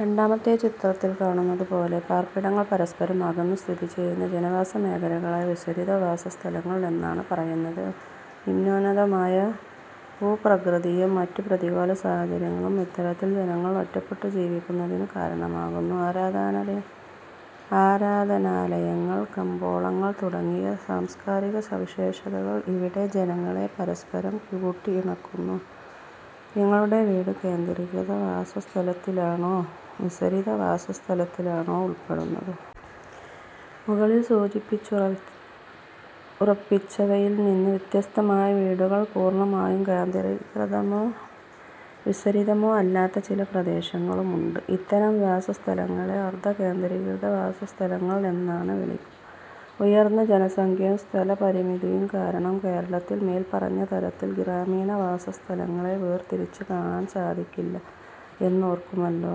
രണ്ടാമത്തെ ചിത്രത്തിൽ കാണുന്നതുപോലെ പാർപ്പിടങ്ങൾ പരസ്പരം അകന്നു സ്ഥിതിചെയ്യുന്ന ജനവാസമേഖലകളെ വിസരിത വാസ സ്ഥലങ്ങൾ എന്നാണ് പറയുന്നത്. നിമ്നോന്നതമായ ഭൂപ്രകൃതിയും മറ്റു പ്രതികൂല സാഹചര്യങ്ങളും ഇത്തരത്തിൽ ജനങ്ങൾ ഒറ്റപ്പെട്ട് ജീവിക്കുന്നതിന് കാരണമാകുന്നു. ആരാധനാലയങ്ങൾ, കമ്പോളങ്ങൾ തുടങ്ങിയ സാംസ്കാരികസവിശേഷതകൾ ഇവിടെ ജനങ്ങളെ പരസ്പരം കൂട്ടിയിണക്കുന്നു. നിങ്ങളുടെ വീട് കേന്ദ്രീകൃത വാസസ്ഥലത്തിലാണോ വിസരിത വാസ സ്ഥലത്തിലാണോ ഉൾപ്പെടുന്നത്? മുകളിൽ സൂചിപ്പിച്ചവയിൽ നിന്നു വ്യത്യസ്തമായി വീടുകൾ പൂർണമായും കേന്ദ്രീകൃതമോ വിസരിതമോ അല്ലാത്ത ചില പ്രദേശങ്ങളുമുണ്ട്. ഇത്തരം വാസസ്ഥലങ്ങളെ അർധ കേന്ദ്രീകൃത വാസസ്ഥലങ്ങൾ എന്നാണ് വിളിക്കുക. ഉയർന്ന ജനസംഖ്യയും സ്ഥലപരിമിതിയും കാരണം കേരളത്തിൽ മേൽപ്പറഞ്ഞ തരത്തിൽ ഗ്രാമീണവാസസ്ഥലങ്ങളെ വേർതിരിച്ച് കാണാൻ സാധിക്കില്ല എന്നോർക്കുമല്ലോ.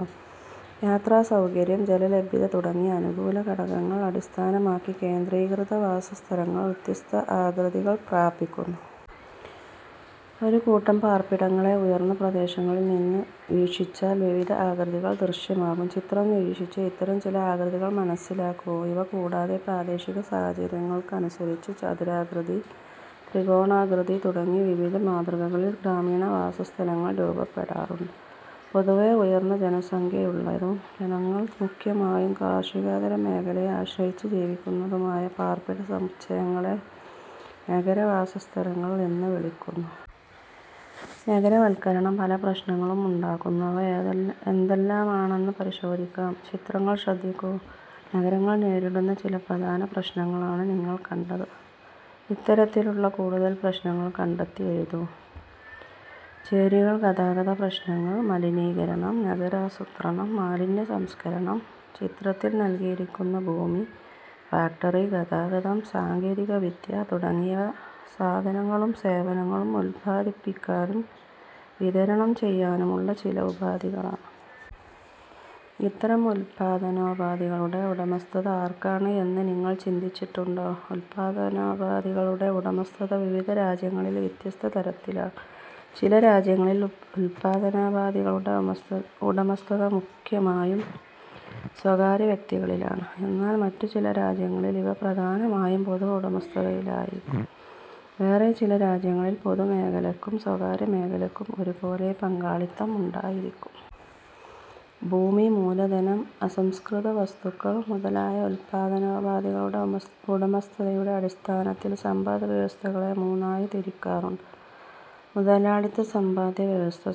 യാത്രാസൗകര്യം, ജലലഭ്യത തുടങ്ങിയ അനുകൂല ഘടകങ്ങൾ അടിസ്ഥാനമാക്കി കേന്ദ്രീകൃത വാസസ്ഥലങ്ങൾ വ്യത്യസ്ത ആകൃതികൾ പ്രാപിക്കുന്നു. ഒരു കൂട്ടം പാർപ്പിടങ്ങളെ ഉയർന്ന പ്രദേശങ്ങളിൽനിന്ന് വീക്ഷിച്ചാൽ വിവിധ ആകൃതികൾ ദൃശ്യമാകും. ചിത്രം നിരീക്ഷിച്ച് ഇത്തരം ചില ആകൃതികൾ മനസ്സിലാക്കൂ. ഇവ കൂടാതെ പ്രാദേശിക സാഹചര്യങ്ങൾക്കനുസരിച്ച് ചതുരാകൃതി, ത്രികോണാകൃതി തുടങ്ങി വിവിധ മാതൃകകളിൽ ഗ്രാമീണവാസസ്ഥലങ്ങൾ രൂപപ്പെടാറുണ്ട്. പൊതുവെ ഉയർന്ന ജനസംഖ്യയുള്ളതും ജനങ്ങൾ മുഖ്യമായും കാർഷികേതര മേഖലയെ ആശ്രയിച്ചു ജീവിക്കുന്നതുമായ പാർപ്പിടസമുച്ചയങ്ങളെ നഗരവാസസ്ഥലങ്ങൾ എന്നു വിളിക്കുന്നു. നഗരവൽക്കരണം പല പ്രശ്നങ്ങളും ഉണ്ടാക്കുന്നു. അവ എന്തെല്ലാമാണെന്ന് പരിശോധിക്കാം. ചിത്രങ്ങൾ ശ്രദ്ധിക്കൂ. നഗരങ്ങൾ നേരിടുന്ന ചില പ്രധാന പ്രശ്നങ്ങളാണ് നിങ്ങൾ കണ്ടത്. ഇത്തരത്തിലുള്ള കൂടുതൽ പ്രശ്നങ്ങൾ കണ്ടെത്തി എഴുതൂ. ചേരികൾ. ഗതാഗതപ്രശ്നങ്ങൾ. മലിനീകരണം. നഗരാസൂത്രണം. മാലിന്യസംസ്കരണം. ചിത്രത്തിൽ നൽകിയിരിക്കുന്ന ഭൂമി, ഫാക്ടറി, ഗതാഗതം, സാങ്കേതികവിദ്യ തുടങ്ങിയവ സാധനങ്ങളും സേവനങ്ങളും ഉൽപ്പാദിപ്പിക്കാനും വിതരണം ചെയ്യാനുമുള്ള ചില ഉപാധികളാണ്. ഇത്തരം ഉൽപ്പാദനോപാധികളുടെ ഉടമസ്ഥത ആർക്കാണ് എന്ന് നിങ്ങൾ ചിന്തിച്ചിട്ടുണ്ടോ? ഉൽപ്പാദനോപാധികളുടെ ഉടമസ്ഥത വിവിധ രാജ്യങ്ങളിൽ വ്യത്യസ്ത തരത്തിലാണ്. ചില രാജ്യങ്ങളിൽ ഉൽപ്പാദനോപാധികളുടെ ഉടമസ്ഥത മുഖ്യമായും സ്വകാര്യ വ്യക്തികളിലാണ്. എന്നാൽ മറ്റു ചില രാജ്യങ്ങളിൽ ഇവ പ്രധാനമായും പൊതു ഉടമസ്ഥതയിലായിരിക്കും. വേറെ ചില രാജ്യങ്ങളിൽ പൊതുമേഖലയ്ക്കും സ്വകാര്യമേഖലയ്ക്കും ഒരുപോലെ പങ്കാളിത്തം ഉണ്ടായിരിക്കും. ഭൂമി, മൂലധനം, അസംസ്കൃതവസ്തുക്കൾ മുതലായ ഉൽപ്പാദനോപാധികളുടെ ഉടമസ്ഥതയുടെ അടിസ്ഥാനത്തിൽ സമ്പദ് വ്യവസ്ഥകളെ മൂന്നായി തിരിക്കാറുണ്ട്. മുതലാളിത്ത സമ്പദ്വ്യവസ്ഥ,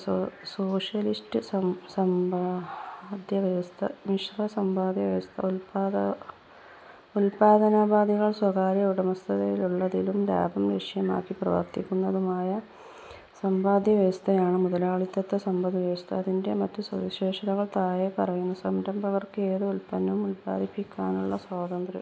സോഷ്യലിസ്റ്റ് സമ്പദ്വ്യവസ്ഥ, മിശ്ര സമ്പദ്വ്യവസ്ഥ. ഉൽപ്പാദനോപാധികൾ സ്വകാര്യ ഉടമസ്ഥതയിലുള്ളതും ലാഭം ലക്ഷ്യമാക്കി പ്രവർത്തിക്കുന്നതുമായ സമ്പദ്വ്യവസ്ഥയാണ് മുതലാളിത്ത സമ്പദ് വ്യവസ്ഥ. അതിന്റെ മറ്റു സവിശേഷതകൾ താഴെ പറയുന്നു. സംരംഭകർക്ക് ഏത് ഉൽപ്പന്നവും ഉൽപ്പാദിപ്പിക്കാനുള്ള സ്വാതന്ത്ര്യം.